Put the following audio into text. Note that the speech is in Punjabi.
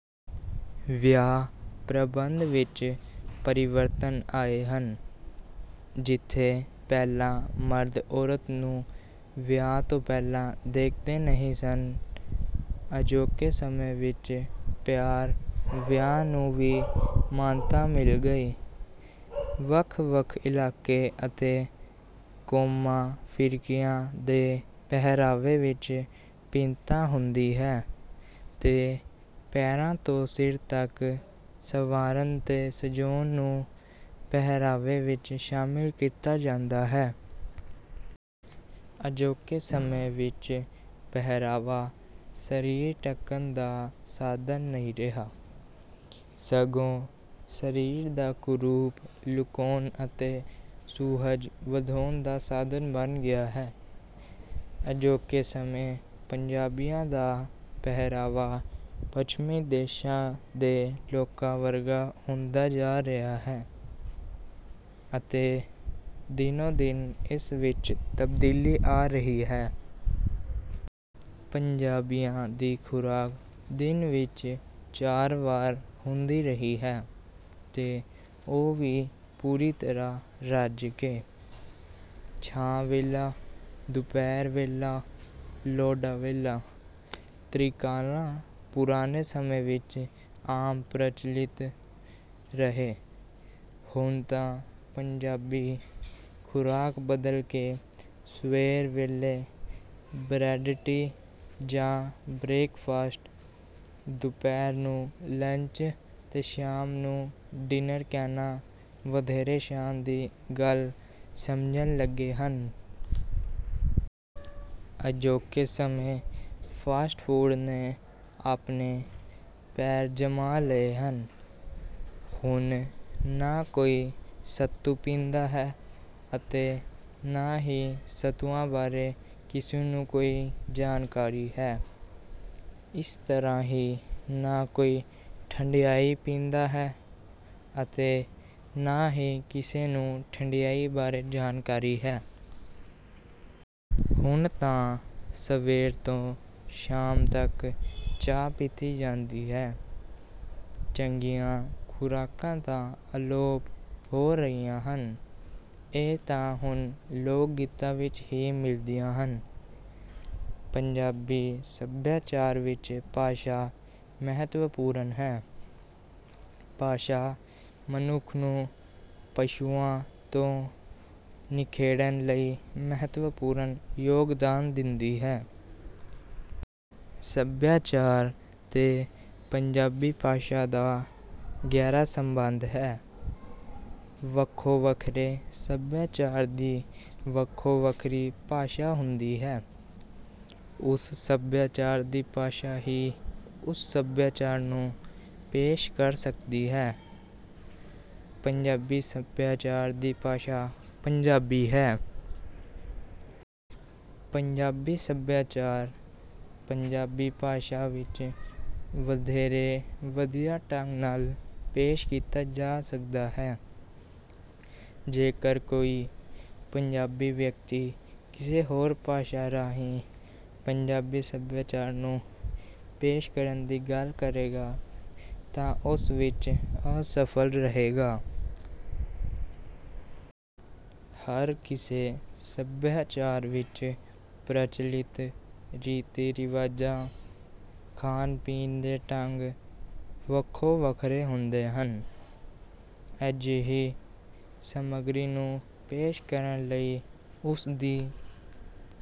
ਵਿਆਹ ਪ੍ਰਬੰਧ ਵਿੱਚ ਪਰਿਵਰਤਨ ਆਏ ਹਨ। ਜਿੱਥੇ ਪਹਿਲਾਂ ਮਰਦ ਔਰਤ ਨੂੰ ਵਿਆਹ ਤੋਂ ਪਹਿਲਾਂ ਦੇਖਦੇ ਨਹੀਂ ਸਨ, ਅਜੋਕੇ ਸਮੇਂ ਵਿੱਚ ਪਿਆਰ-ਵਿਆਹ ਨੂੰ ਵੀ ਮਾਨਤਾ ਮਿਲ ਗਈ ਹੈ। ਵੱਖ-ਵੱਖ ਇਲਾਕੇ ਅਤੇ ਕੌਮਾਂ-ਫਿਰਕਿਆਂ ਦੇ ਪਹਿਰਾਵੇ ਵਿੱਚ ਭਿੰਨਤਾ ਹੁੰਦੀ ਹੈ, ਤੇ ਪੈਰਾਂ ਤੋਂ ਸਿਰ ਤੱਕ ਸੰਵਾਰਨ ਤੇ ਸਜਾਉਣ ਨੂੰ ਪਹਿਰਾਵੇ ਵਿੱਚ ਸ਼ਾਮਿਲ ਕੀਤਾ ਜਾਂਦਾ ਹੈ। ਅਜੋਕੇ ਸਮੇਂ ਵਿੱਚ ਪਹਿਰਾਵਾ ਸਰੀਰ ਢਕਣ ਦਾ ਸਾਧਨ ਨਹੀਂ ਰਿਹਾ, ਸਗੋਂ ਸਰੀਰ ਦਾ ਕੁਰੂਪ ਲੁਕਾਉਣ ਅਤੇ ਸੁਹਜ ਵਧਾਉਣ ਦਾ ਸਾਧਨ ਬਣ ਗਿਆ ਹੈ। ਅਜੋਕੇ ਸਮੇਂ ਪੰਜਾਬੀਆਂ ਦਾ ਪਹਿਰਾਵਾ ਪੱਛਮੀ ਦੇਸ਼ਾਂ ਦੇ ਲੋਕਾਂ ਵਰਗਾ ਹੁੰਦਾ ਜਾ ਰਿਹਾ ਹੈ, ਅਤੇ ਦਿਨੋਂ-ਦਿਨ ਇਸ ਵਿੱਚ ਤਬਦੀਲੀ ਆ ਰਹੀ ਹੈ। ਪੰਜਾਬੀਆਂ ਦੀ ਖੁਰਾਕ ਦਿਨ ਵਿੱਚ ਚਾਰ ਵਾਰ ਹੁੰਦੀ ਰਹੀ ਹੈ, ਤੇ ਉਹ ਵੀ ਪੂਰੀ ਤਰ੍ਹਾਂ ਰੱਜ ਕੇ। ਛਾਹ ਵੇਲਾ, ਦੁਪਹਿਰ ਵੇਲਾ, ਲੋਢਾ ਵੇਲਾ, ਤ੍ਰਿਕਾਲਾਂ ਪੁਰਾਣੇ ਸਮੇਂ ਵਿੱਚ ਆਮ ਪ੍ਰਚੱਲਿਤ ਰਹੇ। ਹੁਣ ਤਾਂ ਪੰਜਾਬੀ ਖੁਰਾਕ ਬਦਲ ਕੇ ਸਵੇਰ ਵੇਲੇ ਬਰੈੱਡ-ਟੀ ਜਾਂ ਬਰੇਕਫਾਸਟ, ਦੁਪਹਿਰ ਨੂੰ ਲੰਚ ਤੇ ਸ਼ਾਮ ਨੂੰ ਡਿੱਨਰ ਕਹਿਣਾ ਵਧੇਰੇ ਸ਼ਾਨ ਦੀ ਗੱਲ ਸਮਝਣ ਲੱਗੇ ਹਨ। ਅਜੋਕੇ ਸਮੇਂ ਫਾਸਟ ਫੂਡ ਨੇ ਆਪਣੇ ਪੈਰ ਜਮਾ ਲਏ ਹਨ। ਹੁਣ ਨਾ ਕੋਈ ਸੱਤੂ ਪੀਂਦਾ ਹੈ ਅਤੇ ਨਾ ਹੀ ਸੱਤੂਆਂ ਬਾਰੇ ਕਿਸੇ ਨੂੰ ਕੋਈ ਜਾਣਕਾਰੀ ਹੈ। ਇਸ ਤਰ੍ਹਾਂ ਹੀ ਨਾ ਕੋਈ ਠੰਢਿਆਈ ਪੀਂਦਾ ਹੈ ਅਤੇ ਨਾ ਹੀ ਕਿਸੇ ਨੂੰ ਠੰਢਿਆਈ ਬਾਰੇ ਜਾਣਕਾਰੀ ਹੈ। ਹੁਣ ਤਾਂ ਸਵੇਰ ਤੋਂ ਸ਼ਾਮ ਤੱਕ ਚਾਹ ਪੀਤੀ ਜਾਂਦੀ ਹੈ। ਚੰਗੀਆਂ ਖੁਰਾਕਾਂ ਤਾਂ ਅਲੋਪ ਹੋ ਰਹੀਆਂ ਹਨ, ਇਹ ਤਾਂ ਹੁਣ ਲੋਕ-ਗੀਤਾਂ ਵਿੱਚ ਹੀ ਮਿਲਦੀਆਂ ਹਨ। ਪੰਜਾਬੀ ਸਭਿਆਚਾਰ ਵਿੱਚ ਭਾਸ਼ਾ ਮਹੱਤਵਪੂਰਨ ਹੈ। ਭਾਸ਼ਾ ਮਨੁੱਖ ਨੂੰ ਪਸ਼ੂਆਂ ਤੋਂ ਨਿਖੇੜਨ ਲਈ ਮਹੱਤਵਪੂਰਨ ਯੋਗਦਾਨ ਦਿੰਦੀ ਹੈ। ਸਭਿਆਚਾਰ ਤੇ ਪੰਜਾਬੀ ਭਾਸ਼ਾ ਦਾ ਗਹਿਰਾ ਸੰਬੰਧ ਹੈ। ਵੱਖੋ-ਵੱਖਰੇ ਸਭਿਆਚਾਰ ਦੀ ਵੱਖੋ-ਵੱਖਰੀ ਭਾਸ਼ਾ ਹੁੰਦੀ ਹੈ। ਉਸ ਸਭਿਆਚਾਰ ਦੀ ਭਾਸ਼ਾ ਹੀ ਉਸ ਸਭਿਆਚਾਰ ਨੂੰ ਪੇਸ਼ ਕਰ ਸਕਦੀ ਹੈ। ਪੰਜਾਬੀ ਸਭਿਆਚਾਰ ਦੀ ਭਾਸ਼ਾ ਪੰਜਾਬੀ ਹੈ। ਪੰਜਾਬੀ ਸਭਿਆਚਾਰ ਪੰਜਾਬੀ ਭਾਸ਼ਾ ਵਿੱਚ ਵਧੇਰੇ ਵਧੀਆ ਢੰਗ ਨਾਲ ਪੇਸ਼ ਕੀਤਾ ਜਾ ਸਕਦਾ ਹੈ। ਜੇਕਰ ਕੋਈ ਪੰਜਾਬੀ ਵਿਅਕਤੀ ਕਿਸੇ ਹੋਰ ਭਾਸ਼ਾ ਰਾਹੀਂ ਪੰਜਾਬੀ ਸਭਿਆਚਾਰ ਨੂੰ ਪੇਸ਼ ਕਰਨ ਦੀ ਗੱਲ ਕਰੇਗਾ, ਤਾਂ ਉਹ ਉਸ ਵਿੱਚ ਅਸਫਲ ਰਹੇਗਾ। ਹਰ ਕਿਸੇ ਸਭਿਆਚਾਰ ਵਿੱਚ ਪ੍ਰਚਲਿਤ ਰੀਤੀ-ਰਿਵਾਜਾਂ, ਖਾਣ-ਪੀਣ ਦੇ ਢੰਗ ਵੱਖੋ-ਵੱਖਰੇ ਹੁੰਦੇ ਹਨ। ਅਜਿਹੀ ਸਮੱਗਰੀ ਨੂੰ ਪੇਸ਼ ਕਰਨ ਲਈ ਉਸ ਦੀ